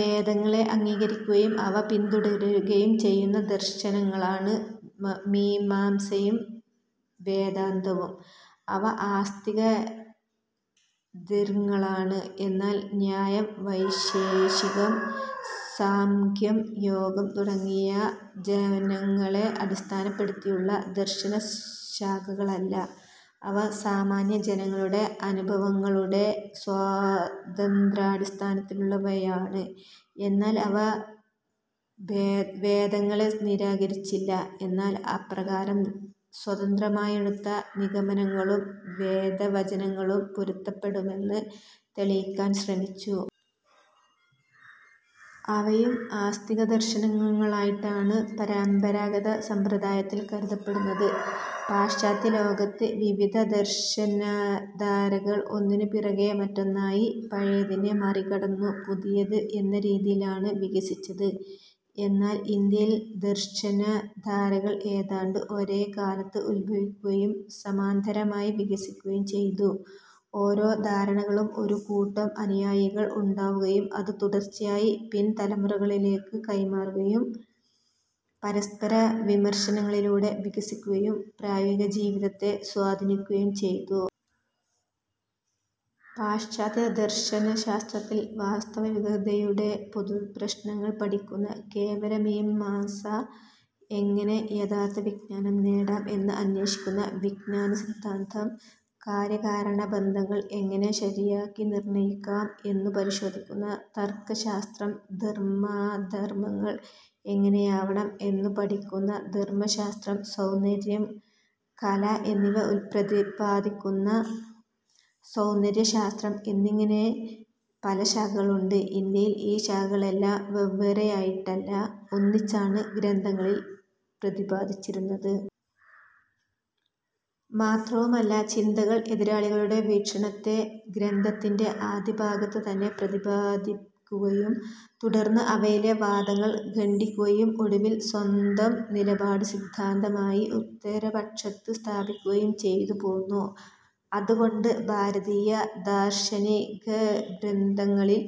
വേദങ്ങളെ അംഗീകരിക്കുകയും അവ പിന്തുടരുകയും ചെയ്യുന്ന ദർശനങ്ങളാണ്, മീമാംസയും വേദാന്തവും. അവ ആസ്തികദര്ങ്ങളാണ്. എന്നാൽ ന്യായം, വൈശേഷികം, സാംഖ്യം, യോഗം തുടങ്ങിയവ വേദങ്ങളെ അടിസ്ഥാനപ്പെടുത്തിയുള്ള ദർശനശാഖകളല്ല. അവ സാമാന്യജനങ്ങളുടെ അനുഭവങ്ങളുടെ സ്വതന്ത്രാടിസ്ഥാനത്തിലുള്ളവയാണ്. എന്നാൽ അവ വേദങ്ങളെ നിരാകരിച്ചില്ല, എന്നാൽ അപ്രകാരം സ്വതന്ത്രമായെടുത്ത നിഗമനങ്ങളും, വേദവചനങ്ങളും പൊരുത്തപ്പെടുമെന്ന് തെളിയിക്കാൻ ശ്രമിച്ചു. അവയും ആസ്തികദർശനങ്ങളായിട്ടാണ് പരമ്പരാഗത സമ്പ്രദായത്തിൽ, കരുതപ്പെടുന്നത്. പാശ്ചാത്യലോകത്ത്, വിവിധ ദർശനധാരകൾ, ഒന്നിനു പിറകേ മറ്റോന്നായി, പഴയതിനെ മറികടന്നു പുതിയത് എന്ന രീതിയിലാണു വികസിച്ചത്. എന്നാൽ ഇന്ത്യയിൽ, ദർശനധാരകൾ ഏതാണ്ട് ഒരേ കാലത്ത് ഉത്ഭവിക്കുകയും സമാന്തരമായി വികസിക്കുകയും ചെയ്തു. ഒരോ ധാരകളും ഒരു കൂട്ടം അനുയായികൾ ഉണ്ടാവുകയും അത് തുടർച്ചയായി പിൻതലമുറകളിലേക്കു കൈമാറുകയും പരസ്പരവിമർശനങ്ങളിലൂടെ വികസിക്കുകയും പ്രായോഗികജീവിതത്തെ സ്വാധീനിക്കുകയും ചെയ്തു. പാശ്ചാത്യദർശനശാസ്ത്രത്തിൽ, വാസ്തവികതയുടെ പൊതുപ്രശ്നങ്ങൾ പഠിക്കുന്ന കേവലമീമാംസ, എങ്ങനെ യ്ഥർത്ഥവിജ്ഞാനം നേടാം എന്ന് അന്വേഷിക്കുന്ന വിഞ്ജാനസിദ്ധാന്തം, കാര്യകാരണബന്ധങ്ങൾ എങ്ങനെ ശരിയായി നിർണയിക്കാം എന്നു പരിശോധിക്കുന്ന തർക്കശാസ്ത്രം, ധർമ്മാധർമ്മങ്ങൾ എങ്ങനെയാവണം എന്നു പഠിക്കുന്ന ധർമ്മശാസ്ത്രം, സൌന്ദര്യം, കല എന്നിവ പ്രതിപാദിക്കുന്ന സൌന്ദര്യശാസ്ത്രം എന്നിങ്ങനെ പല ശാഖകളുണ്ട്. ഇന്ത്യയിൽ ഈ ശാഖകളെല്ലാം വെവ്വേറെയായിട്ടല്ല, ഒന്നിച്ചാണ് ഗ്രന്ഥങ്ങളിൽ പ്രതിപാദിച്ചിരുന്നത്. മാത്രവുമല്ല, ചിന്തകർ എതിരാളികളുടെ വീക്ഷണത്തെ ഗ്രന്ഥത്തിൻറെ ആദ്യഭാഗത്ത് തന്നെ പ്രതിപാദിക്കുകയും, തുടർന്ന് അവയിലെ വാദങ്ങൾ ഖണ്ഡിക്കുകയും ഒടുവിൽ സ്വന്തം നിലപാട് സിദ്ധാന്തമായി ഉത്തരപക്ഷത്ത് സ്ഥാപിക്കുകയും ചെയ്തു പോന്നു. അതുകൊണ്ട്, ഭാരതീയദാർശനികഗ്രന്ഥങ്ങളിൽ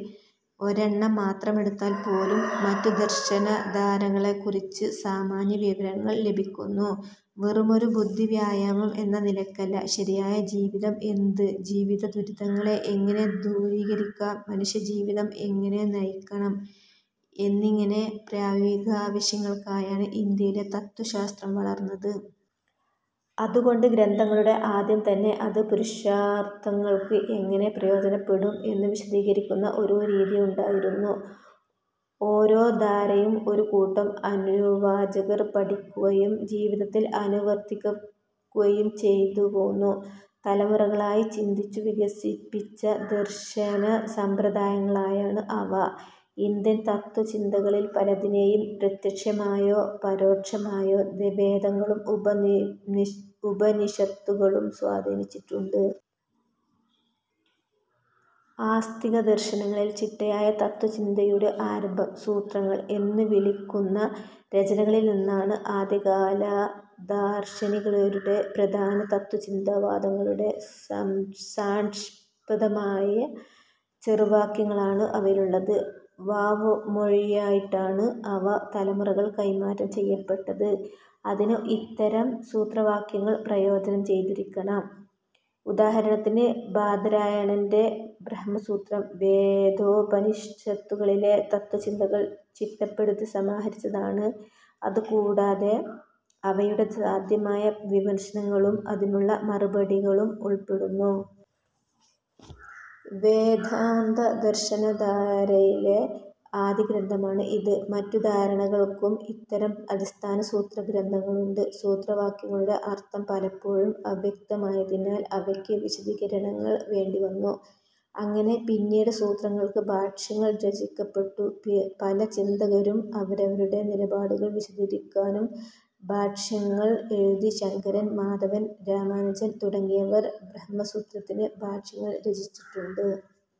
ഒരെണ്ണം മാത്രമെടുത്താൽ പോലും മറ്റു ദർശനധാരകളെക്കുറിച്ചുള്ള സാമാന്യവിവരങ്ങൾ ലഭിക്കുന്നു. വെറുമൊരു ബുദ്ധിവ്യായാമം എന്ന നിലയ്ക്കല്ല, ശരിയായ ജീവിതം എന്ത്, ജീവിതദുരിതങ്ങളെ എങ്ങനെ ദൂരീകരിക്കാം, മനുഷ്യജീവിതം എങ്ങനെ നയിക്കണം എന്നിങ്ങനെ, പ്രായോഗികാവശ്യങ്ങൾക്കായാണ് ഇന്ത്യയിലെ തത്ത്വശാസ്ത്രം വളർന്നത്. അതുകൊണ്ട്, ഗ്രന്ഥങ്ങളുടെ ആദ്യം തന്നെ അത് പുരുഷാർത്ഥങ്ങൾക്ക് എങ്ങനെ പ്രയോജനപെടും എന്നു വിശദീകരിക്കുന്ന ഒരു രീതിയുണ്ടായിരുന്നു. ഒരോ ധാരയും ഒരു കൂട്ടം അനുവാചകർ പഠിക്കുകയും ജീവിതത്തിൽ അനുവർത്തിക്കുകയും ചെയ്തു പോന്നു. തലമുറകളായി ചിന്തിച്ചു വികസിപ്പിച്ച ദർശനസമ്പ്രദായങ്ങളാണ് അവ. ഇന്ത്യൻ തത്ത്വചിന്തകളിൽ പലതിനെയും പ്രത്യക്ഷമായോ പരോക്ഷമായോ, വേദങ്ങളും ഉപനിഷത്തുകളും സ്വാധീനിച്ചിട്ടുണ്ട്. ആസ്തികദർശനങ്ങളിൽ, ചിട്ടയായ തത്ത്വചിന്തയുടെ ആരഭം, "സൂത്രങ്ങൾ" എന്നു വിളിക്കുന്ന രചനകളിൽ നിന്നാണ്. ആദ്യകാലദാർശനികരുടെ പ്രധാന തത്ത്വചിന്താവാദങ്ങളുടെ സാംക്ഷിപ്തമായ ചെറുവാക്യങ്ങളാണ് അവയിലുള്ളത്. വാമൊഴിയായിട്ടാണ് അവ തലമുറകൾ കൈമാറ്റം ചെയ്യപ്പെട്ടത്. അതിന് ഇത്തരം സൂത്രവാക്യങ്ങൾ പ്രയോജനം ചെയ്തിരിക്കണം. ഉദാഹരണത്തിന് ബാദരായണൻറെ ബ്രഹ്മസൂത്രം, വേദോപനിഷത്തുകളിലെ തത്ത്വചിന്തകൾ ചിട്ടപ്പെടുത്തി സമാഹരിച്ചതാണ്. അതുകൂടാതെ, അവയുടെ സാധ്യമായ വിമർശനങ്ങളും, അതിനുള്ള മറുപടികളും ഉൾപ്പെടുന്നു. വേദാന്തദർശനധാരയിലെ ആദ്യഗ്രന്ഥമാണ് ഇത്. മറ്റു ധാരകൾക്കും ഇത്തരം അടിസ്ഥാന സൂത്രഗ്രന്ഥങ്ങളുണ്ട്. സൂത്രവാക്യങ്ങളുടെ അർത്ഥം പലപ്പോഴും അവ്യക്തമായതിനാൽ, അവയ്ക്ക് വിശദീകരണങ്ങൾ വേണ്ടിവന്നു. അങ്ങനെ പിന്നീട്, സൂത്രങ്ങൾക്ക് ഭാഷ്യങ്ങൾ രചിക്കപ്പെട്ടു. പല ചിന്തകരും അവരവരുടെ നിലപാടുകൾ വിശദീകരിക്കാനും ഭാഷ്യങ്ങൾ എഴുതി. ശങ്കരൻ, മാധവൻ, രാമാനുജൻ തുടങ്ങിയവർ ബ്രഹ്മസൂത്രത്തിന് ഭാഷ്യങ്ങൾ രചിച്ചിട്ടുണ്ട്.